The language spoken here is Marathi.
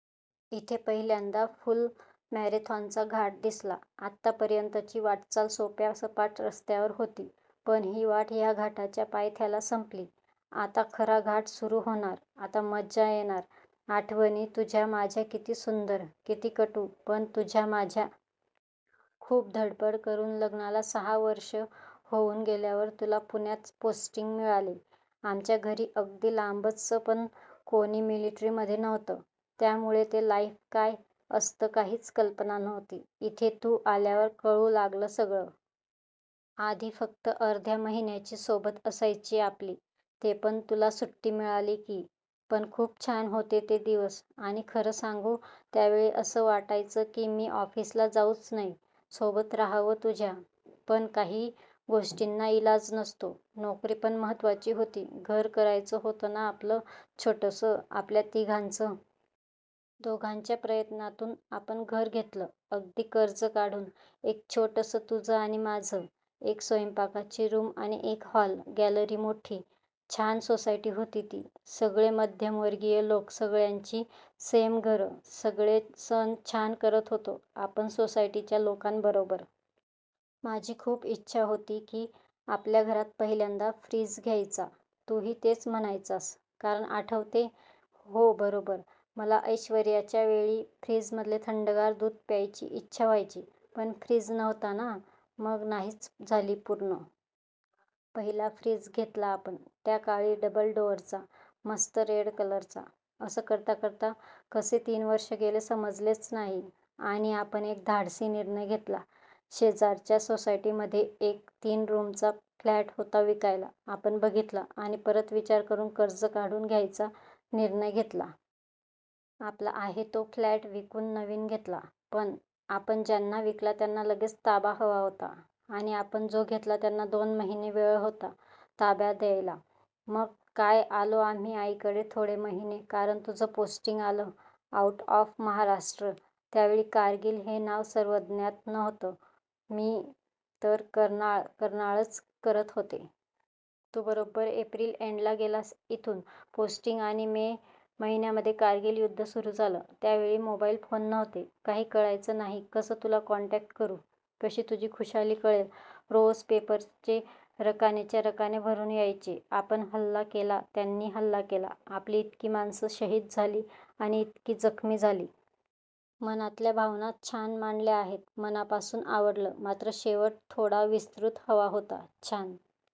इथे पहिल्यांदा फुल मॅरेथॉनचा घाट दिसला. आत्तापर्यंतची वाटचाल सोप्या सपाट रस्त्यावर होती. पण ही वाट ह्या घाटाच्या पायथ्याला संपली! आता खरा घाट सुरू होणार! आता मजा येणार! आठवणी तुझ्या माझ्या किती सुंदर, किती कटू, पण तुझ्या माझ्या. खूप धडपड करून लग्नाला सहा वर्षं होऊन गेल्यावर तुला पुण्यात पोस्टिंग मिळाली. आमच्या घरी अगदी लांबचं पण कोणी मिलिटरीमध्ये नव्हतं, त्यामुळे ते लाइफ काय असतं, काहीच कल्पना नव्हती. इथे तू आल्यावर कळू लागलं सगळं. आधी फक्त अर्धा महिन्याची सोबत असायची आपली, तेपण तुला सुट्टी मिळाली की. पण खूप छान होते ते दिवस. आणि खरं सांगू त्यावेळी असं वाटायचं की मी ऑफिसला जाऊच नये, सोबत राहावं तुझ्या. पण काही गोष्टींना इलाज नसतो, नोकरी पण महत्त्वाची होती, घर करायचं होतं ना आपलं, छोटंसं, आपल्या तिघांचं. दोघांच्या प्रयत्नातून आपण घर घेतलं, अगदी कर्ज काढून. एक छोटंसं तुझं आणि माझं, एक स्वयंपाकाची रूम आणि एक हॉल, गॅलरी मोठी. छान सोसायटी होती ती, सगळे मध्यमवर्गीय लोक, सगळ्यांची सेम घरं. सगळे सण छान करत होतो आपण सोसायटीच्या लोकांबरोबर. माझी खूप इच्छा होती की आपल्या घरात पहिल्यांदा फ्रिज घ्यायचा, तूही तेच म्हणायचास, कारण आठवतेय, हो बरोबर, मला ऐश्वर्याच्या वेळी, फ्रिजमधले थंडगार दूध प्यायची इच्छा व्हायची पण फ्रिज नव्हता ना, मग नाहीच झाली पूर्ण. पहिला फ्रिज घेतला आपण, त्या काळी डबल डोअरचा, मस्त रेड कलरचा. असं करता करता कसे तीन वर्षं गेले समजलेच नाही. आणि आपण एक धाडसी निर्णय घेतला. शेजारच्या सोसायटीमध्ये एक, तीन रूमचा फ्लॅट होता विकायला, आपण बघितला, आणि परत विचार करून कर्ज काढून घ्यायचा निर्णय घेतला. आपला आहे तो फ्लॅट विकून नवीन घेतला, पण आपण ज्यांना विकला त्यांना लगेच ताबा हवा होता, आणि आपण जो घेतला त्यांना दोन महिने वेळ होता, ताबा द्यायला, मग काय आलो आम्ही आईकडे थोडे महिने, कारण तुझं पोस्टिंग आलं, आऊट ऑफ महाराष्ट्र, त्यावेळी कारगिल हे नाव सर्वज्ञात नव्हतं, मी तर कर्नाळ कर्नाळ च करत होते. तू बरोबर एप्रिल एंडला गेलास इथून पोस्टिंग आणि मे महिन्यामध्ये कारगिल युद्ध सुरू झालं. त्यावेळी मोबाईल फोन नव्हते, काही कळायचं नाही कसं तुला कॉन्टॅक्ट करू, कशी तुझी खुशाली कळेल, रोज पेपरचे रकानेच्या रकाने भरून यायचे, आपण हल्ला केला, त्यांनी हल्ला केला, आपली इतकी माणसं शहीद झाली आणि इतकी जखमी झाली. मनातल्या भावना छान मांडल्या आहेत. मनापासून आवडलं, मात्र शेवट थोडा विस्तृत हवा होता, छान